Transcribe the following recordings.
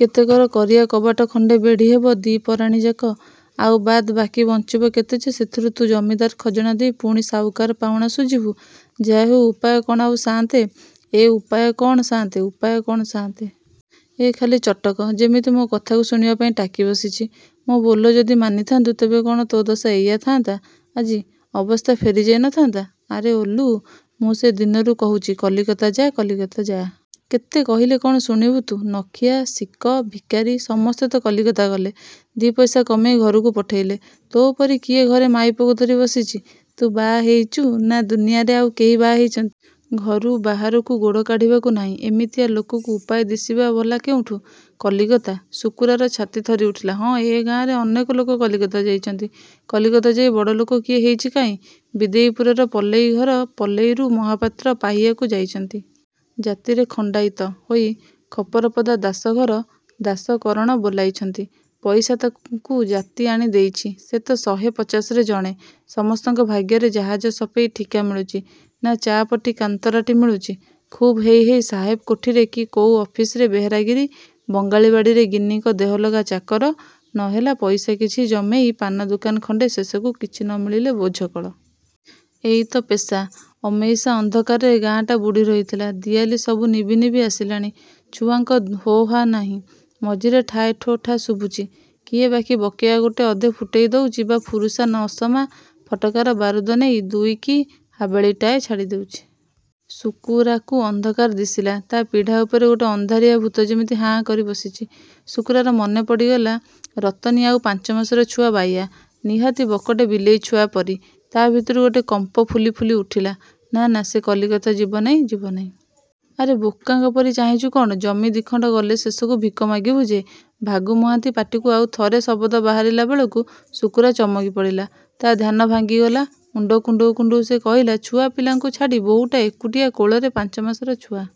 କେତକର କରିଆ କବଟା ଖଣ୍ଡେ ବେଢ଼ି ହବ ଦି' ପରାଣୀ ଯାକ। ଆଉ ବାଦ୍ ବାକି ବଞ୍ଚିବ କେତେ ଯେ ସେଥିରୁ ତୁ ଜମିଦାର ଖଜଣା ଦେଇ ପୁଣି ସାଉକାର ପାଉଣା ଶୁଝିବୁ। '' ''ଯାହାହଉ ଉପାୟ କ'ଣ ଆଉ ସାଆନ୍ତେ! '' ''ଏଃ ଉପାଉ କ'ଣ ସାଆନ୍ତେ ଉପାୟ କ'ଣ ସାଆନ୍ତେ! ଏ ଖାଲି ଚଟକ। ଯେମିତି ମୋ କଥାକୁ ଶୁଣିବାପାଇଁ ଟାକି ବସିଛି। ମୋ ବୋଲ ଯଦି ମାନିଥାନ୍ତୁ ତେବେ କ'ଣ ତୋ ଦଶା ଏଇଆ ଥାଆନ୍ତା ଆଜି? ଅବସ୍ଥା ଫେରିଯାଇ ନଥାନ୍ତା। ଆରେ ଓଲୁ, ମୁଁ ସେ ଦିନରୁ କହୁଛି କଲିକତା ଯା କଲିକତା ଯା! କେତେ କହିଲେ କ'ଣ ଶୁଣିବୁ ତୁ। ନଖିଆ, ଶିକ, ଭିକାରି, ସମସ୍ତେ ତ କଲିକତା ଗଲେ। ଦି' ପଇସା କମେଇ ଘରୁକୁ ପଠେଇଲେ। ତୋ ପରି କିଏ ଘରେ ମାଇପକୁ ଧରି ବସିଛି। ତୁ ବାହା ହେଇଚୁ ନା ଦୁନିଆରେ ଆଉ କେହି ବାହା ହେଇଚନ୍ତି? ଘରୁ ବାହାରକୁ ଗୋଡ଼ କାଢ଼ିବାକୁ ନାହିଁ। ଏମିତିଆ ଲୋକକୁ ଉପାୟ ଦିଶିବ ଭଲା କେଉଁଠୁ? '' କଲିକତା! ଶୁକୁରାର ଛାତି ଥରି ଉଠିଲା। ହଁ, ଏ ଗାଁରେ ଅନେକ ଲୋକ କଲିକତା ଯାଇଛନ୍ତି। କଲିକତା ଯାଇ ବଡ଼ଲୋକ କିଏ ହେଇଛି କାହିଁ? ବିଦେଇପୁରର ପଲେଇ ଘର ପଲେଇରୁ ମହାପାତ୍ର ପାହିଆକୁ ଯାଇଛନ୍ତି! ଜାତିରେ ଖଣ୍ଡାଇତ ହୋଇ ଖପରପଦା ଦାସ ଘର ଦାସ କରଣ ବୋଲାଇଛନ୍ତି। ପଇସା ତାଙ୍କୁ ଜାତି ଆଣି ଦେଇଛି। ସେ ତ ଶହେ ପଚାଶରେ ଜଣେ। ସମସ୍ତଙ୍କ ଭାଗ୍ୟରେ ଜାହାଜ ସଫେଇ ଠିକା ମିଳୁଛି, ନା ଚା' ପଟି କାନତରାଟି ମିଳୁଛି? ଖୁବ୍ ହେଇ ହେଇ ସାହେବ କୋଠିରେ କି କୋଉ ଅଫିସରେ ବେହେରାଗିରି, ବଙ୍ଗାଳୀ ବାଡ଼ିରେ ଗିନ୍ନୀଙ୍କ ଦେହଲଗା ଚାକର, ନହେଲା ପଇସା କିଛି ଜମେଇ ପାନ ଦୋକାନ ଖଣ୍ଡେ ଶେଷକୁ କିଛି ନ ମିଳିଲେ ବୋଝ କଳ। ଏଇତ ପେଷା। ଅମେଇସା ଅନ୍ଧକାରରେ ଗାଁଟା ବୁଡ଼ି ରହିଥିଲା। ଦିଆଲି ସବୁ ନିଭି ନିଭି ଆସିଲାଣି। ଛୁଆଙ୍କ ହୋହା ନାହିଁ। ମଝିରେ ଠାଏ ଠୋଠା ଶୁଭୁଛି। କିଏ ବାକି ବକେୟା ଗୋଟେ ଅଧେ ଫୁଟେଇ ଦଉଚି ବା ଫୁରୁସା ନସମା ଫଟକାର ବାରୁଦ ନେଇ ଦୁଇ କି ହାବେଳିଟାଏ ଛାଡ଼ି ଦେଉଛି । ଶୁକୁରାକୁ ଅନ୍ଧାର ଦିଶିଲା। ତା' ପିଢ଼ା ଉପରେ ଗୋଟେ ଅନ୍ଧାରିଆ ଭୂତ ଯେମିତି ହାଁ କରି ବସିଛି। ଶୁକୁରାର ମନେ ପଡ଼ିଗଲା ରତନୀ ଆଉ ପାଞ୍ଚମାସର ଛୁଆ ବାଇୟା। ନିହାତି ବକଟେ ବିଲେଇ ଛୁଆପରି। ତା' ଭିତରୁ ଗୋଟେ କମ୍ପ ଫୁଲି ଫୁଲି ଉଠିଲା। ନା ନା ସେ କଲିକତା ଯିବନାହିଁ ଯିବନାହିଁ। ''ଆରେ ବୋକାଙ୍କ ପରି ଚାହିଁଚୁ କ'ଣ? ଜମି ଦିଖଣ୍ଡ ଗଲେ ଶେଷକୁ ଭିକ ମାଗିବୁ ଯେ। '' ଭାଗୁ ମହାନ୍ତି ପାଟିକୁ ଆଉ ଥରେ ଶବଦ ବାହାରିଲା ବେଳକୁ ଶୁକୁରା ଚମକି ପଡ଼ିଲା। ତା' ଧ୍ୟାନ ଭାଙ୍ଗିଗଲା। ମୁଣ୍ଡ କୁଣ୍ଡଉ କୁଣ୍ଡଉ ସେ କହିଲା ''ଛୁଆପିଲାଙ୍କୁ ଛାଡ଼ି ବହୂଟା ଏକୁଟିଆ କୋଳରେ ପାଞ୍ଚମାସର ଛୁଆ। ''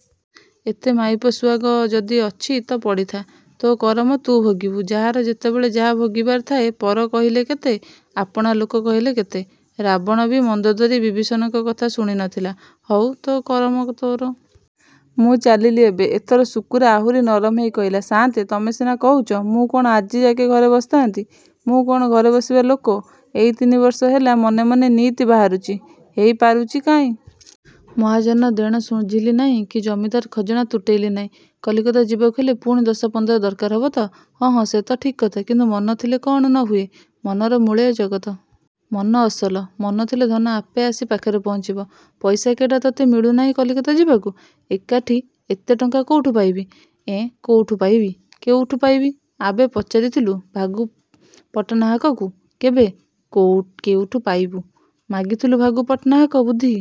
''ଏତେ ମାଇପ ସୁଆଗ ଯଦି ଅଛି ତ ପଡ଼ିଥା। ତୋ କରମ ତୁ ଭୋଗିବୁ। ଯାହାର ଯେତେବେଳେ ଯାହା ଭୋଗିବାର ଥାଏ, ପର କହିଲେ କେତେ, ଆପଣା ଲୋକେ କହିଲେ କେତେ। ରାବଣବି ମନ୍ଦୋଦରୀ ବିଭୀଷଣଙ୍କ କଥା ଶୁଣି ନଥିଲା। ହଉ ତୋ କରମ ତୋର। ମୁଁ ଚାଲିଲି ଏବେ। '' ଏଥର ଶୁକୁରା ଆହୁରି ନରମ ହେଇ କହିଲା ''ସାଆନ୍ତେ ତମେ ସିନା କହୁଚ, ମୁଁ କ'ଣ ଆଜିଯାକେ ଘରେ ବସି ଥାଆନ୍ତି। ମୁଁ କ'ଣ ଘରେ ବସିବା ଲୋକ? ଏଇ ତିନିବର୍ଷ ହେଲା, ମନେ ମନେ ନିଇତି ବାହାରୁଛି। ହେଇ ପାରୁଛି କାହିଁ! ମହାଜନ ଦେଣ ଶୁଝିଲି ନାହିଁ କି ଜମିଦାର ଖଜଣା ତୁଟେଇଲି ନାହିଁ। କଲିକତା ଯିବାକୁ ହେଲେ ପୁଣି ଦଶ ପନ୍ଦର ଦରକାର ହବ ତ! '' ''ହଁ, ହଁ ସେ ତ ଠିକ୍ କଥା। କିନ୍ତୁ ମନ ଥିଲେ କ'ଣ ନ ହୁଏ। ମନର ମୂଳେ ଏ ଜଗତ। ମନ ଅସଲ। ମନ ଥିଲେ ଧନ ଆପେ ଆସି ପାଖରେ ପହଞ୍ଚିବ। ପଇସା କେଇଟା ତୋତେ ମିଳୁ ନାହିଁ କଲିକତା ଯିବାକୁ? '' ''ଏକାଠି, ଏତେ ଟଙ୍କା କେଉଁଠୁ ପାଇବି? '' ଏଁ କେଉଁଠୁ ପାଇବି କେଉଁଠୁ ପାଇବି। ଆବେ ପଚାରିଥିଲୁ ଭାଗୁ ପଟ୍ଟନାହାକକୁ କେବେ? କେଉଁଠୁ ପାଇବୁ? ମାଗିଥିଲୁ ଭାଗୁ ପଟ୍ଟନାହାକ ବୁଦ୍ଧି!